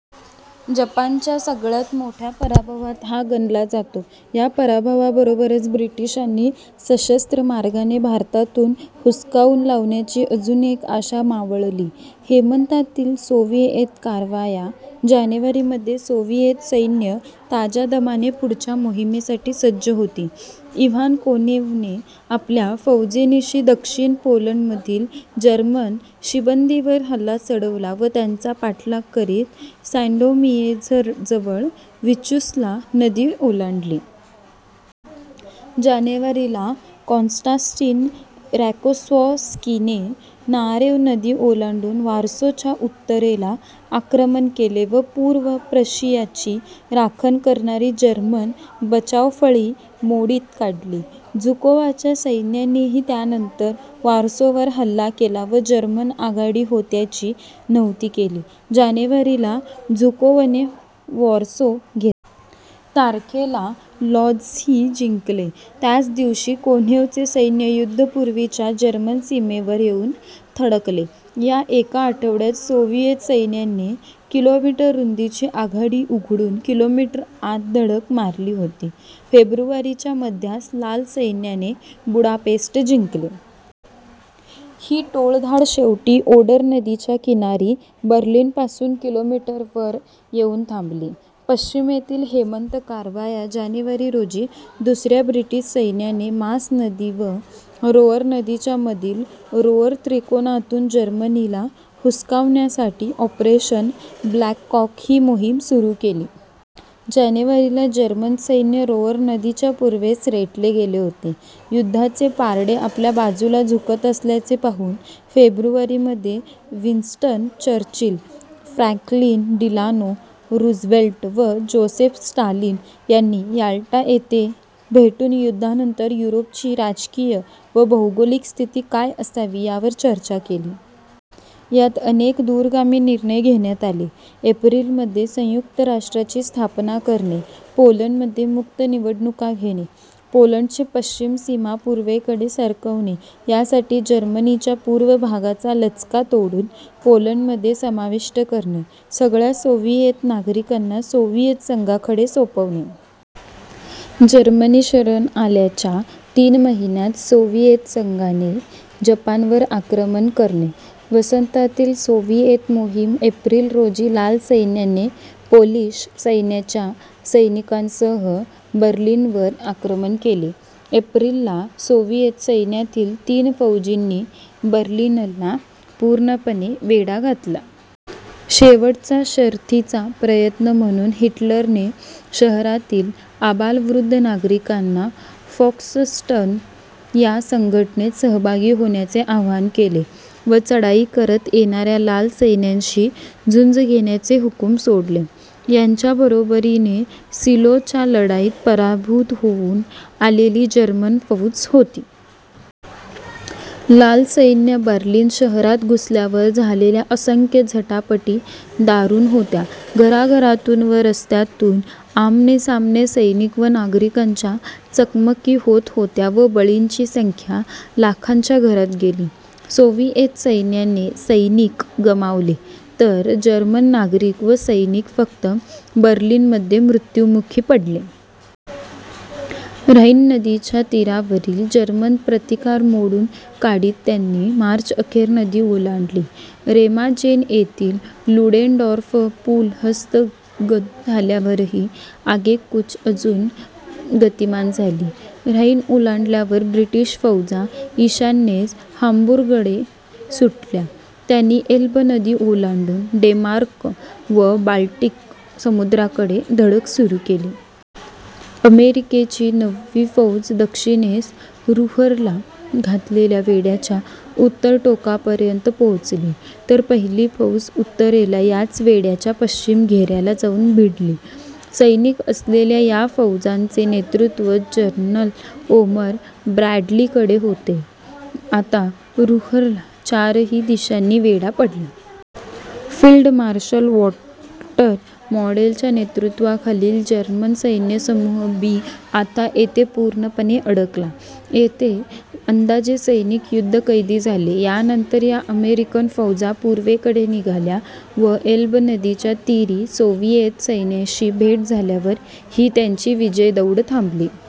जपानच्या सगळ्यात मोठ्या पराभवात हा गणला जातो. या पराभवाबरोबरच ब्रिटिशांना सशस्त्र मार्गाने भारतातून हुसकावून लावण्याची अजून एक आशा मावळली. हेमंतातील सोव्हिएत कारवाया जानेवारी मध्ये सोव्हिएत सैन्य ताज्या दमाने पुढच्या मोहीमेसाठी सज्ज होती. इव्हान कोनेव्हने आपल्या फौजेनिशी दक्षिण पोलंडमधील जर्मन शिबंदीवर हल्ला चढवला व त्यांचा पाठलाग करीत सॅंडोमियेर्झजवळ व्हिस्चुला नदी ओलांडली. जानेवारी ला कॉन्स्टान्टिन रोकोसोव्स्कीने नारेव नदी ओलांडून वॉर्सोच्या उत्तरेला आक्रमण केले व पूर्व प्रशियाची राखण करणारी जर्मन बचावफळी मोडीत काढली. झुकोवच्या सैन्यानेही त्यानंतर वॉर्सोवर हल्ला केला व जर्मन आघाडी होत्याची नव्हती केली. जानेवारी ला झुकोवने वॉर्सो घेतले. तारखेला लॉड्झही जिंकले. त्याचदिवशी कोनेव्हचे सैन्य युद्धपूर्वीच्या जर्मन सीमेवर येऊन थडकले. या एका आठवड्यात सोव्हिएत सैन्याने कि. मी. रुंदीची आघाडी उघडून कि. मी. आत धडक मारली होती. फेब्रुवारीच्या मध्यास लाल सैन्याने बुडापेस्ट जिंकले. ही टोळधाड शेवटी ओडर नदीच्या किनारी बर्लिनपासून कि. मी. वर येऊन थांबली. पश्चिमेतील हेमंत कारवाया जानेवारी रोजी दुसऱ्या ब्रिटिश सैन्याने मास नदी व रोअर नदीच्या मधील रोअर त्रिकोणातून जर्मनीला हुसकावण्यासाठी ऑपरेशन ब्लॅककॉक ही मोहीम सुरू केली. जानेवारी ला जर्मन सैन्य रोअर नदीच्या पूर्वेस रेटले गेले होते. युद्धाचे पारडे आपल्या बाजूला झुकत असल्याचे पाहून फेब्रुवारी मध्ये Winston Churchill, Franklin Delano Roosevelt व जोसेफ स्टालिन यांनी याल्टा येथे भेटून युद्धानंतर युरोपची राजकीय व भौगोलिक स्थिती काय असावी यावर चर्चा केली. यात अनेक दूरगामी निर्णय घेण्यात आले. एप्रिल मध्ये संयुक्त राष्ट्रांची स्थापना करणे. पोलंडमध्ये मुक्त निवडणूका घेणे. पोलंडची पश्चिम सीमा पूर्वेकडे सरकवणे यासाठी जर्मनीच्या पूर्व भागाचा लचका तोडून पोलंडमध्ये समाविष्ट करणे. सगळ्या सोव्हिएत नागरिकांना सोव्हिएत संघाकडे सोपवणे. जर्मनी शरण आल्याच्या तीन महिन्यात सोव्हिएत संघाने जपानवर आक्रमण करणे. वसंतातील सोव्हिएत मोहीम एप्रिल रोजी लाल सैन्याने पोलिश सैन्याच्या सैनिकांसह बर्लिनवर आक्रमण केले. एप्रिल ला सोव्हिएत सैन्यातील तीन फौजांनी बर्लिनला पूर्णपणे वेढा घातला. शेवटचा शर्थीचा प्रयत्न म्हणून हिटरलने शहरातील आबालवृद्ध नागरिकांना फोक्सस्टर्म या संघटनेत सहभागी होण्याचे आवाहन केले व चढाई करीत येणाऱ्या लाल सैन्याशी झुंज घेण्याचे हुकुम सोडले. त्यांच्याबरोबरीने सीलोच्या लढाईत पराभूत होऊन आलेली जर्मन फौज होती. लाल सैन्य बर्लिन शहरात घुसल्यावर झालेल्या असंख्य झटापटी दारुण होत्या. घराघरातून व रस्त्यातून आमनेसामने सैनिक व नागरिकांच्या चकमकी होत होत्या व बळींची संख्या लाखांच्या घरात गेली. सोव्हिएत सैन्याने सैनिक गमावले तर जर्मन नागरिक व सैनिक फक्त बर्लिनमध्ये मृ्त्युमुखी पडले. ऱ्हाइन नदीच्या तीरावरील जर्मन प्रतिकार मोडून काढीत त्यानी मार्चअखेर नदी ओलांडली. रेमाजेन येथील लुडेनडॉर्फ पूल हस्तगत झाल्यावर ही आगेकूच अजून गतिमान झाली. ऱ्हाइन ओलांडल्यावर ब्रिटिश फौजा ईशान्येस हांबुर्गकडे सुटल्या. त्यांनी एल्ब नदी ओलांडून डेन्मार्क व बाल्टिक समुद्राकडे धडक सुरू केली. अमेरिकेची नववी फौज दक्षिणेस रुह्रला घातलेल्या वेढ्याच्या उत्तर टोकापर्यंत पोचली तर पहिली फौज उत्तरेला याच वेढ्याच्या दक्षिण घेऱ्याला जाऊन भिडली. सैनिक असलेल्या या फौजांचे नेतृत्व जन्रल ओमर ब्रॅडलीकडे होते. आता रुह्रला चारही दिशांनी वेढा पडला. फील्ड मार्शल वॉल्टर मॉडेलच्या नेतृत्वाखालील जर्मन सैन्यसमूह बी आता येथे पूर्णपणे अडकला. येथे अंदाजे सैनिक युद्धकैदी झाले. यानंतर या अमेरिकन फौजा पूर्वेकडे निघाल्या व एल्ब नदीच्या तीरी सोव्हिएत सैन्याशी भेट झाल्यावर ही त्यांची विजयदौड थांबली.